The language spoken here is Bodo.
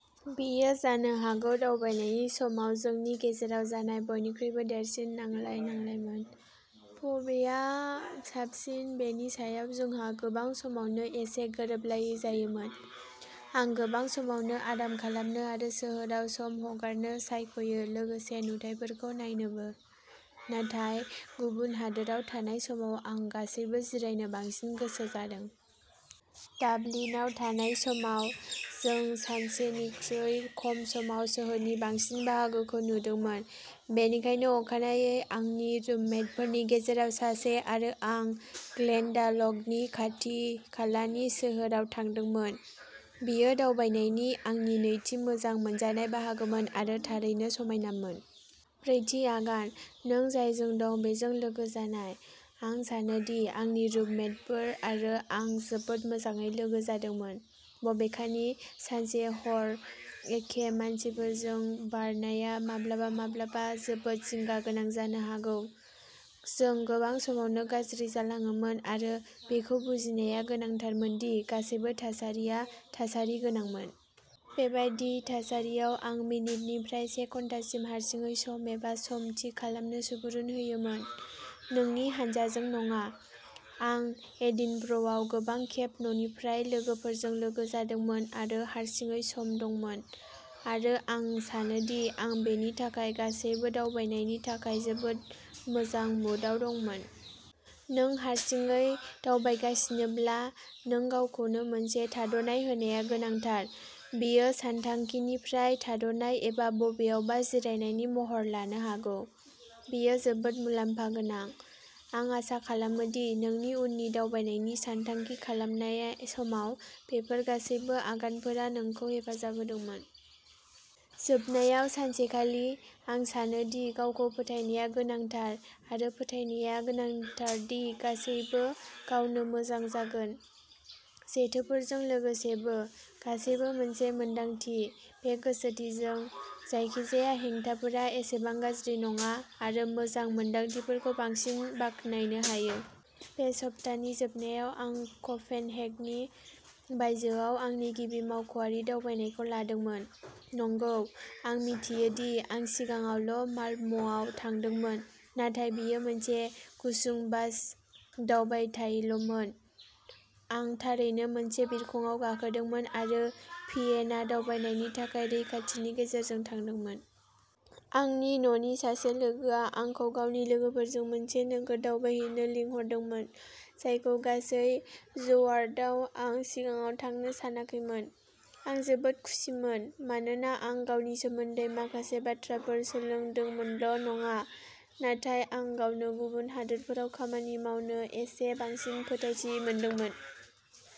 बेयो जानो हागौ दावबायनायनि समाव जोंनि गेजेराव जानाय बयनिख्रुइबो देरसिन नांलाय-नांलायमोन। बबेआ साबसिन बेनि सायाव जोंहा गोबां समावनो एसे गोरोबलायै जायोमोन। आं गोबां समावनो आराम खालामनो आरो सोहोराव सम हगारनो सायख'यो लोगोसे नुथायफोरखौ नायनोबो, नाथाय गुबुन हादोराव थानाय समाव आं गासैबो जिरायनो बांसिन गोसो जादों। डाबलिनआव थानाय समाव, जों सानसेनिख्रुइबो खम समाव सोहोरनि बांसिन बाहागोखौ नुदोंमोन, बेनिखायनो अखानायै आंनि रुममेटफोरनि गेजेराव सासे आरो आं ग्लेनडाल'गनि खाथिखालानि सोहोराव थांदोंमोन। बेयो दावबायनायनि आंनि नैथि मोजां मोनजानाय बाहागोमोन आरो थारैनो समायनामोन। ब्रैथि आगानः नों जायजों दं बेजों लोगो जानाय। आं सानो दि आंनि रुममेटफोर आरो आं जोबोद मोजाङै लोगो जादोंमोन, बबेखानि, सानसे-हर एखे मानसिफोरजों बारनाया माब्लाबा-माब्लाबा जोबोद जिंगा गोनां जानो हागौ। जों गोबां समावनो गाज्रि जालाङोमोन आरो बेखौ बुजिनाया गोनांथारमोन दि गासिबो थासारिया थासारि गोनांमोन। बेबादि थासारियाव आं मिनिटनिफ्राय से घन्टासिम हारसिङै सम एबा सम थि खालामनो सुबुरुन होयोमोन, नोंनि हानजाजों नङा। आं एडिनब्र'आव गोबां खेब न'निफ्राय लोगोफोरजों लोगो जादोंमोन आरो हारसिङै सम दंमोन आरो आं सानोदि आं बेनि थाखाय गासैबो दावबायनायनि थाखाय जोबोद मोजां मुडआव दंमोन। नों हारसिङै दावबायगासिनोब्लाबो नोंगावखौनो मोनसे थाद'नाय होनाया गोनांथार। बेयो सानथांखिनिफ्राय थाद'नाय एबा बबेयावबा जिरायनायनि महर लानो हागौ, बेयो जोबोद मुलाम्फा गोनां। आं आसा खालामो दि नोंनि उननि दावबायनायनि सानथांखि खालामनाय समाव बेफोर गासैबो आगानफोरा नोंखौ हेफाजाब होदोंमोन। जोबनायाव सानसेखालि, आं सानो दि गावखौ फोथायनाया गोनांथार आरो फोथायनाया गोनांथार दि गासैबो गावनो मोजां जागोन। जेथोफोरजों लोगोसेबो, गासैबो मोनसे मोन्दांथि, बे गोसोथिजों, जायखिजाया हेंथाफोरा एसेबां गाज्रि नङा आरो मोजां मोन्दांथिफोरखौ बांसिन बाख्नायनो हायो। बे सप्तानि जोबनायाव आं क'पेनहेगननि बायजोआव आंनि गिबि मावख'आरि दावबायनायखौ लादोंमोन। नंगौ, आं मिथियो दि आं सिगाङाव माल्म'आव थांदोंमोन, नाथाय बेयो मोनसे गुसुं बास दावबायथायल'मोन। आं थारैनो मोनसे बिरखंआव गाखोदोंमोन आरो भियेना दावबायनायनि थाखाय रैखाथिनि गेजेरजों थांदोंमोन। आंनि न'नि सासे लोगोआ आंखौ गावनि लोगोफोरजों मोनसे नोगोर दावबायहैनो लिंहरदोंमोन, जायखौ गासै ज'आर्टआव आं सिगाङाव थांनो सानाखैमोन। आं जोबोद खुसिमोन, मानोना आं गावनि सोमोन्दै माखासे बाथ्राफोर सोलोंदोंमोनल'नङा, नाथाय आं गावनो गुबुन हादोरफोराव खामानि मावनो एसे बांसिन फोथायथि मोनदोंमोन।